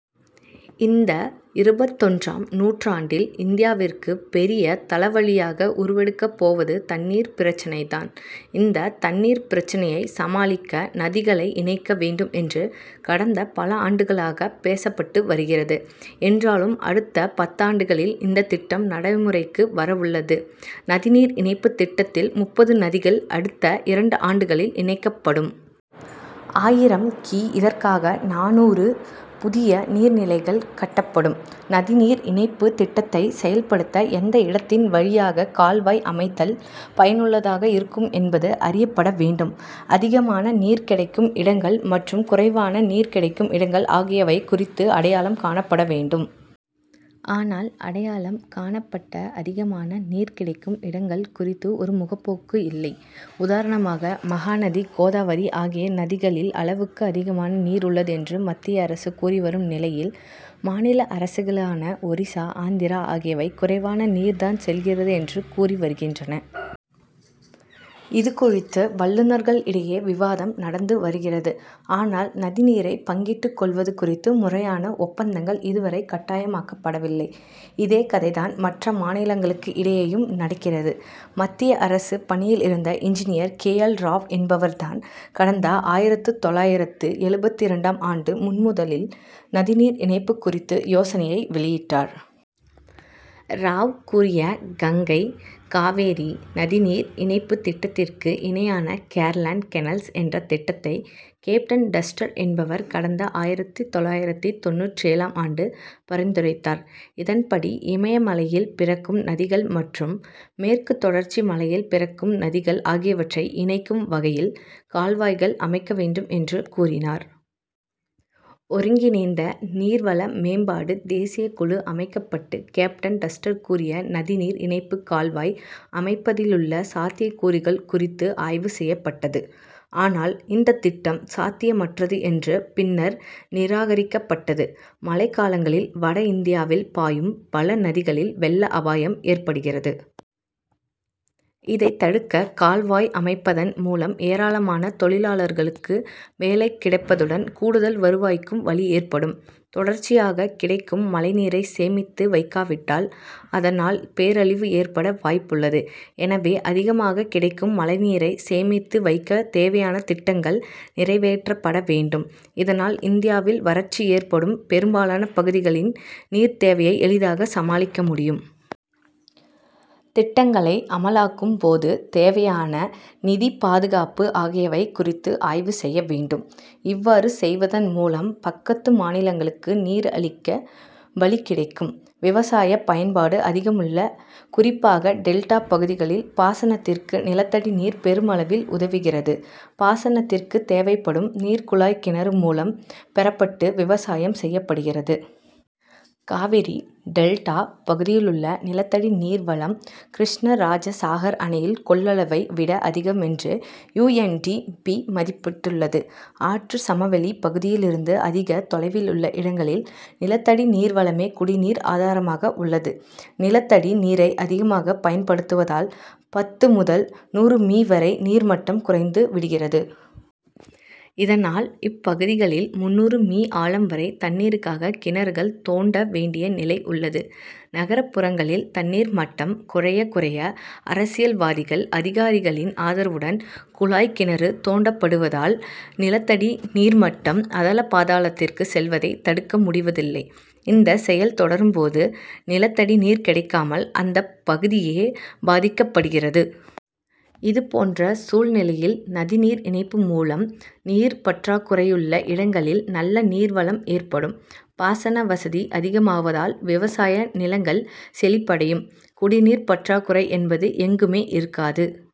இந்த இருபத்தொன்றாம் நூற்றாண்டில் இந்தியாவிற்கு பெரிய தலைவலியாக உருவெடுக்கப் போவது தண்ணீர் பிரச்னை தான். இந்த தண்ணீர் பிரச்னையை சமாளிக்க நதிகளை இணைக்க வேண்டும் என்று கடந்த பல ஆண்டுகளாக பேசப்பட்டு வருகிறது. என்றாலும் அடுத்த பத்தாண்டுகளில் இந்த திட்டம் நடைமுறைக்கு வர உள்ளது. நதிநீர் இணைப்பு திட்டத்தில் முப்பது நதிகள் அடுத்த இரண்டு ஆண்டுகளில் இணைக்கப்படும். ஆயிரம் கி. இதற்காக நானூறு புதிய நீர் நிலைகள் கட்டப்படும். நதிநீர் இணைப்பு திட்டத்தை செயல்படுத்த எந்த இடத்தின் வழியாக கால்வாய் அமைத்தால் பயனுள்ளதாக இருக்கும் என்பது அறியப்பட வேண்டும். அதிகமான நீர் கெடைக்கும் இடங்கள் மற்றும் குறைவான நீர் கெடைக்கும் இடங்கள் ஆகியவை குறித்து அடையாளம் காணப்பட வேண்டும். ஆனால் அடையாளம் காணப்பட்ட அதிகமான நீர் கிடைக்கும் இடங்கள் குறித்து ஒருமுகப்போக்கு இல்லை. உதாரணமாக மகாநதி கோதாவரி ஆகிய நதிகளில் அளவுக்கு அதிகமான நீர் உள்ளது என்று மத்திய அரசு கூறிவரும் நிலையில் மாநில அரசுகளான ஒரிசா ஆந்திரா ஆகியவை குறைவான நீர் தான் செல்கிறது என்று கூறி வருகின்றன. இதுகுறித்து வல்லுனர்களிடையே விவாதம் நடந்து வருகிறது. ஆனால் நதிநீரை பங்கிட்டுக் கொள்வது குறித்து முறையான ஒப்பந்தங்கள் இதுவரை கட்டாயமாக்கப்படவில்லை. இதே கதைதான் மற்ற மாநிலங்களுக்கு இடையேயும் நடக்கிறது. மத்திய அரசு பணியிலிருந்த இன்ஜினியர் கே. எல். ராவ் என்பவர் தான் கடந்த ஆயிரத்து தொள்ளாயிரத்து எழுபத்திரண்டாம் ஆண்டு முதன்முதலில் நதிநீர் இணைப்பு குறித்து யோசனையை வெளியிட்டார். ராவ் கூறிய கங்கை காவிரி நதிநீர் இணைப்பு திட்டத்திற்கு இணையான கேர்லேண்ட் கெனால்ஸ் என்ற திட்டத்தை கேப்டன் டாஸ்டர் என்பவர் கடந்த ஆயிரத்து தொள்ளாயிரத்து தொண்ணூற்றேழாம் ஆண்டு பரிந்துரைத்தார். இதன்படி இமயமலையில் பிறக்கும் நதிகள் மற்றும் மேற்கு தொடர்ச்சி மலையில் பிறக்கும் நதிகள் ஆகியவற்றை இணைக்கும் வகையில் கால்வாய்கள் அமைக்க வேண்டும் என்று கூறினார். ஒருங்கிணைந்த நீர்வள மேம்பாடு தேசிய குழு அமைக்கப்பட்டு கேப்டன் டாஸ்டர் கூறிய நதிநீர் இணைப்பு கால்வாய் அமைப்பதிலுள்ள சாத்தியக்கூறுகள் குறித்து ஆய்வு செய்யப்பட்டது. ஆனால் இந்த திட்டம் சாத்தியமற்றது என்று பின்னர் நிராகரிக்கப்பட்டது. மழைக்காலங்களில் வட இந்தியாவில் பாயும் பல நதிகளில் வெள்ள அபாயம் ஏற்படுகிறது. இதை தடுக்க கால்வாய் அமைப்பதன் மூலம் ஏராளமான தொழிலாளர்களுக்கு வேலை கிடைப்பதுடன் கூடுதல் வருவாய்க்கும் வழி ஏற்படும். தொடர்ச்சியாக கிடைக்கும் மழைநீரை சேமித்து வைக்காவிட்டால் அதனால் பேரழிவு ஏற்பட வாய்ப்புள்ளது. எனவே அதிகமாக கிடைக்கும் மழைநீரை சேமித்து வைக்க தேவையான திட்டங்கள் நிறைவேற்றப்பட வேண்டும். இதனால் இந்தியாவில் வறட்சி ஏற்படும் பெரும்பாலான பகுதிகளின் நீர் தேவையை எளிதாக சமாளிக்க முடியும். திட்டங்களை அமலாக்கும் போது தேவையான நிதி பாதுகாப்பு ஆகியவை குறித்து ஆய்வு செய்ய வேண்டும். இவ்வாறு செய்வதன் மூலம் பக்கத்து மாநிலங்களுக்கு நீர் அளிக்க வழி கிடைக்கும். விவசாய பயன்பாடு அதிகமுள்ள குறிப்பாக டெல்டா பகுதிகளில் பாசனத்திற்கு நிலத்தடி நீர் பெருமளவில் உதவுகிறது. பாசனத்திற்கு தேவைப்படும் நீர் குழாய் கிணறு மூலம் பெறப்பட்டு விவசாயம் செய்யப்படுகிறது. காவிரி டெல்டா பகுதியிலுள்ள நிலத்தடிநீர் வளம் கிருஷ்ணராஜசாகர் அணையில் கொள்ளளவை விட அதிகம் என்று யூ. என். டி. பி. மதிப்பிட்டுள்ளது. ஆற்று சமவெளி பகுதியிலிருந்து அதிக தொலைவிலுள்ள இடங்களில் நிலத்தடி நீர்வளமே குடிநீர் ஆதாரமாக உள்ளது. நிலத்தடி நீரை அதிகமாக பயன்படுத்துவதால் பத்து முதல் நூறு மீ வரை நீர் மட்டம் குறைந்து விடுகிறது. இதனால் இப்பகுதிகளில் முந்நூறு மீ ஆழம் வரை தண்ணீருக்காக கிணறுகள் தோண்ட வேண்டிய நிலை உள்ளது. நகர்புறங்களில் தண்ணீர் மட்டம் குறைய குறைய அரசியல்வாதிகள் அதிகாரிகளின் ஆதரவுடன் குழாய் கிணறு தோண்டப்படுவதால் நிலத்தடிநீர் மட்டம் அதாள பாதாளத்திற்கு செல்வதை தடுக்க முடிவதில்லை. இந்த செயல் தொடரும் போது நிலத்தடி நீர் கிடைக்காமல் அந்த பகுதியே பாதிக்கப்படுகிறது. இதுபோன்ற சூழ்நிலையில் நதிநீர் இணைப்பு மூலம் நீர் பற்றாக்குறையுள்ள இடங்களில் நல்ல நீர் வளம் ஏற்படும். பாசன வசதி அதிகமாவதால் வெவசாய நிலங்கள் செழிப்படையும். குடிநீர் பற்றாக்குறை என்பது எங்குமே இருக்காது.